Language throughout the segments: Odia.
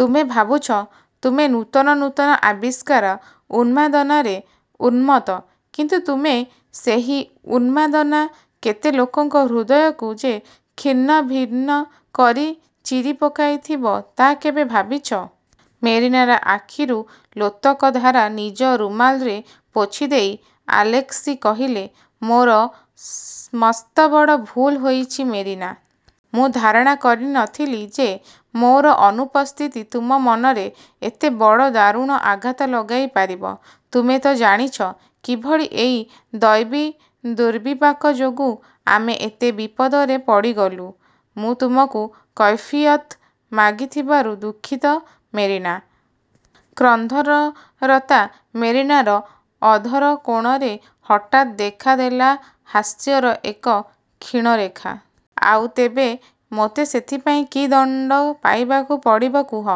ତୁମେ ଭାବୁଛ, ତୁମେ ନୂତନ ନୂତନ ଆବିଷ୍କାର ଉନ୍ମାଦନାରେ ଉନ୍ମତ୍ତ। କିନ୍ତୁ ତୁମର ସେହି ଉନ୍ନାଦନା କେତେ ଲୋକଙ୍କ ହୃଦୟକୁ ଯେ ଖିନ୍ଭିନ୍ କରି ଚିରି ପକାଉଥିବ, ତା' କେବେ ଭାବିଛ? '' ମେରିନାର ଆଖିରୁ ଲୋତକଧାରା ନିଜ ରୁମାଲରେ ପୋଛିଦେଇ ଆଲେସ୍କି କହିଲେ, ''ମୋର ମସ୍ତବଡ଼ ଭୁଲ ହୋଇଛି ମେରିନା। ମୁଁ ଧାରଣା କରି ନଥିଲି ଯେ, ମୋର ଅନୁପସ୍ଥିତି ତୁମ ମନରେ ଏତେ ବଡ଼ ଦାରୁଣ ଆଘାତ ଲଗାଇ ପାରିବ। ତୁମେ ତ ଜାଣିଛ, କିଭଳି ଏକ ଦୈବୀଦୁର୍ବିପାକ ଯୋଗୁଁ ଆମେ ଏତେ ବିପଦରେ ପଡ଼ିଗଲୁଁ। ମୁଁ ତୁମକୁ କୈଫିୟତ୍ ମାଗିଥିବାରୁ ଦୁଃଖିତ ମେରିନା। '' କ୍ରନ୍ଦନରତା ମେରିନାର ଅଧରକୋଣରେ ହଠାତ୍ ଦେଖାଦେଲା ହାସ୍ୟର ଏକ କ୍ଷୀଣରେଖା। ''ଆଉ ତେବେ ମୋତେ ସେଥିପାଇଁ କି ଦଣ୍ଡ ପାଇବାକୁ ପଡ଼ିବ କୁହ?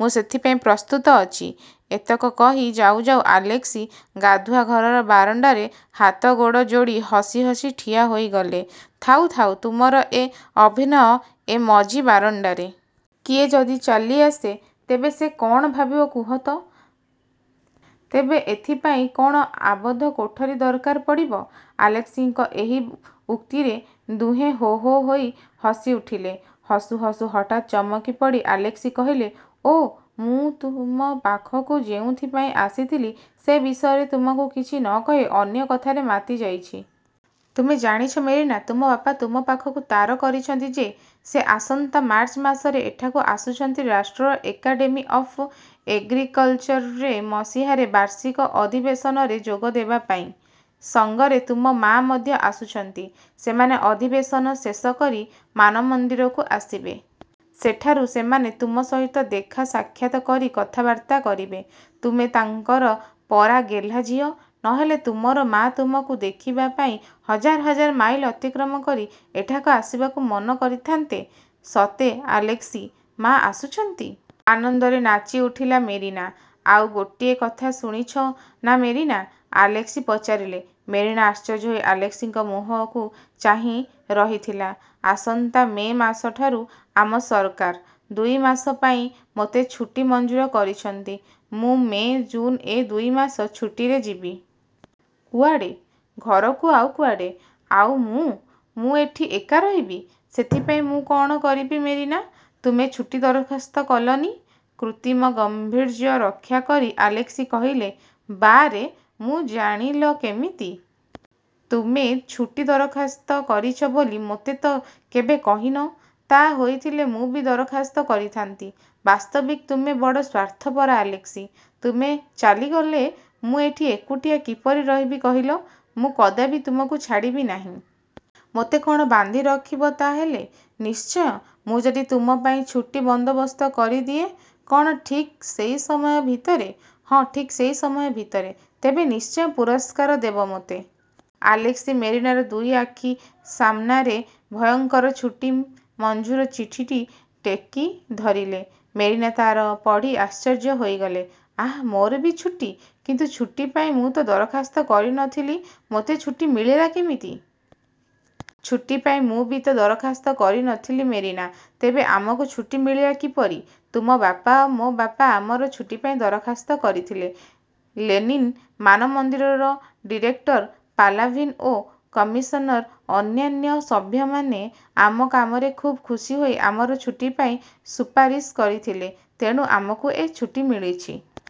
ମୁଁ ସେଥିପାଇଁ ପ୍ରସ୍ତୁତ ଅଛି। '' ଏତକ କହି ଯାଉ ଯାଉ ଆଲେସ୍କି ଗାଧୁଆଘରର ବାରଣ୍ଡାରେ ହାତଗୋଡ଼ ଯୋଡ଼ି ହସି ହସି ଠିଆ ହୋଇଗଲେ। ''ଥାଉ, ଥାଉ, ତୁମର ଏ ଅଭିନୟ ଏ ମଝି ବାରଣ୍ଡାରେ! କିଏ ଯଦି ଚାଲିଆସେ, ତେବେ ସେ କ'ଣ ଭାବିବ କୁହ ତ? '' ''ତେବ ଏଥିପାଇଁ କ'ଣ ଆବଦ୍ଧ କୋଠରି ଦରକାର ପଡ଼ିବ? '' ଆଲେସ୍କିଙ୍କର ଏହି ଉକ୍ତିରେ ଦୁହେଁ ହୋ–ହୋ ହୋଇ ହସିଉଠିଲେ। ହସୁଁ ହସୁଁ ହଠାତ୍ ଚମକି ପଡ଼ି ଆଲେସ୍କି କହିଲେ, ''ଓଃ, ମୁଁ ତୁମ ପାଖକୁ ଯେଉଁଥିପାଇଁ ଆସିଥିଲି, ସେ ବିଷୟରେ ତୁମକୁ କିଛି ନ କହି ଅନ୍ୟ କଥାରେ ମାତିଯାଇଛି। ତୁମେ ଜାଣିଛ ମେରିନା, ତୁମ ବାପା ତୁମ ପାଖକୁ ତାର କରିଛନ୍ତି ଯେ, ସେ ଆସନ୍ତା ମାର୍ଚ୍ଚ ମାସରେ ଏଠାକୁ ଆସୁଛନ୍ତି ରାଷ୍ଟ୍ରର ଏକାଡ଼େମୀ ଅଫ୍ ଏଗ୍ରିକଲ୍ଚର୍ରେ ମସିହାରେ ବାର୍ଷିକ ଅଧିବେଶନରେ ଯୋଗଦେବା ପାଇଁ। ସଙ୍ଗରେ ତୁମ ମା' ମଧ୍ୟ ଆସୁଛନ୍ତି। ସେମାନେ ଅଧିବେଶନ ଶେଷ କରି ମାନମନ୍ଦିରକୁ ଆସିବେ। ସେଠାରୁ ସେମାନେ ତୁମ ସହିତ ଦେଖା–ସାକ୍ଷାତ୍ କରି କଥାବାର୍ତ୍ତା କରିବେ। ତୁମେ ତାଙ୍କର ପରା ଗେହ୍ଲାଝିଅ; ନ ହେଲେ ତୁମର ମା' ତୁମକୁ ଦେଖିବା ପାଇଁ ହଜାର ହଜାର ମାଇଲ ଅତିକ୍ରମ କରି ଏଠାକୁ ଆସିବାକୁ ମନ କରିଥାନ୍ତେ? '' ''ସତେ ଆଲେସ୍କି, ମା' ଆସୁଛନ୍ତି? '' ଆନନ୍ଦରେ ନାଚି ଉଠିଲା ମେରିନା। ''ଆଉ ଗୋଟିଏ କଥା ଶୁଣିଛ ନା ମେରିନା? '' ଆଲେସ୍କି ପଚାରିଲେ। ମେରିନା ଆଶ୍ଚର୍ଯ୍ୟ ହୋଇ ଆଲେସ୍କିଙ୍କ ମୁହଁକୁ ଚାହିଁ ରହିଥିଲା। ''ଆସନ୍ତା ମେ ମାସଠାରୁ ଆମ ସରକାର। ଦୁଇମାସ ପାଇଁ ମୋତେ ଛୁଟି ମଞ୍ଜୁର କରିଛନ୍ତି। ମୁଁ ମେ, ଜୁନ୍ ଏ ଦୁଇ ମାସ ଛୁଟିରେ ଯିବି। '' ''କୁଆଡ଼େ? ''ଘରକୁ, ଆଉ କୁଆଡ଼େ? '' ''ଆଉ ମୁଁ! ମୁଁ ଏଠି ଏକା ରହିବି? '' ''ସେଥିପାଇଁ ମୁଁ କ'ଣ କରିବି ମେରିନା। ତୁମେ ଛୁଟି ଦରଖାସ୍ତ କଲନି? '' କୃତ୍ରିମ ଗାମ୍ଭୀର୍ଯ୍ୟ ରକ୍ଷାକରି ଆଲେସ୍କି କହିଲେ। ''ବାଃ ରେ, ମୁଁ ଜାଣିଲ କେମିତି? ତୁମେ ଛୁଟି ଦରଖାସ୍ତ କରିଛ ବୋଲି ମୋତେ ତ କେବେ କହିନ? ତା' ହୋଇଥିଲେ ମୁଁ ବି ଦରଖାସ୍ତ କରିଥାନ୍ତି। ବାସ୍ତବିକ୍ ତୁମେ ବଡ଼ ସ୍ୱାର୍ଥପର ଆଲେସ୍କି! ତୁମେ ଚାଲିଗଲେ, ମୁଁ ଏଠି ଏକୁଟିଆ କିପରି ରହିବି କହିଲ? ମୁଁ କଦାପି ତୁମକୁ ଛାଡ଼ିବି ନାହିଁ। '' ''ମୋତେ କ'ଣ ବାନ୍ଧିରଖିବ ତା' ହେଲେ? '' ''ନିଶ୍ଚୟ। '' ''ମୁଁ ଯଦି ତୁମ ପାଇଁ ଛୁଟି ବନ୍ଦୋବସ୍ତ କରିଦିଏ। '' ''କ'ଣ ଠିକ୍ ସେଇ ସମୟ ଭିତରେ? '' ''ହଁ, ଠିକ୍ ସେହି ସମୟ ଭିତରେ। ତେବେ ନିଶ୍ଚୟ ପୁରସ୍କାର ଦେବ ମୋତେ? '' ଆଲେସ୍କି ମେରିନାର ଦୁଇ ଆଖି ସାମନାରେ ଉଭୟଙ୍କର ଛୁଟି ମଞ୍ଜୁର ଚିଠିଟି ଟେକି ଧରିଲେ। ମେରିନା ତାହା ପଢ଼ି ଆଶ୍ଚର୍ଯ୍ୟ ହୋଇଗଲା। ''ଆଁ, ମୋର ବି ଛୁଟି? କିନ୍ତୁ ଛୁଟି ପାଇଁ ମୁଁ ତ ଦରଖାସ୍ତ କରି ନଥିଲି? ମୋତେ ଛୁଟି ମିଳିଲା କେମିତି? '' ''ଛୁଟିପାଇଁ ମୁଁ ବି ତ ଦରଖାସ୍ତ କରିନଥିଲି ମେରିନା! '' ''ତେବେ–ଆମକୁ ଛୁଟି ମିଳିଲା କିପରି? '' ''ତୁମ ବାପା ଓ ମୋ ବାପା ଆମର ଛୁଟିପାଇଁ ଦରଖାସ୍ତ କରିଥିଲେ? ଲେନିନ୍ ମାନମନ୍ଦିରର ଡିରେକ୍ଟର ପାଲାଭିନ୍ ଓ କମିଶନର ଅନ୍ୟାନ୍ୟ ସଭ୍ୟମାନେ ଆମ କାମରେ ଖୁବ୍ ଖୁସି ହୋଇ ଆମର ଛୁଟିପାଇଁ ସୁପାରିଶ କରିଥିଲେ। ତେଣୁ ଆମକୁ ଏ ଛୁଟି ମିଳିଛି।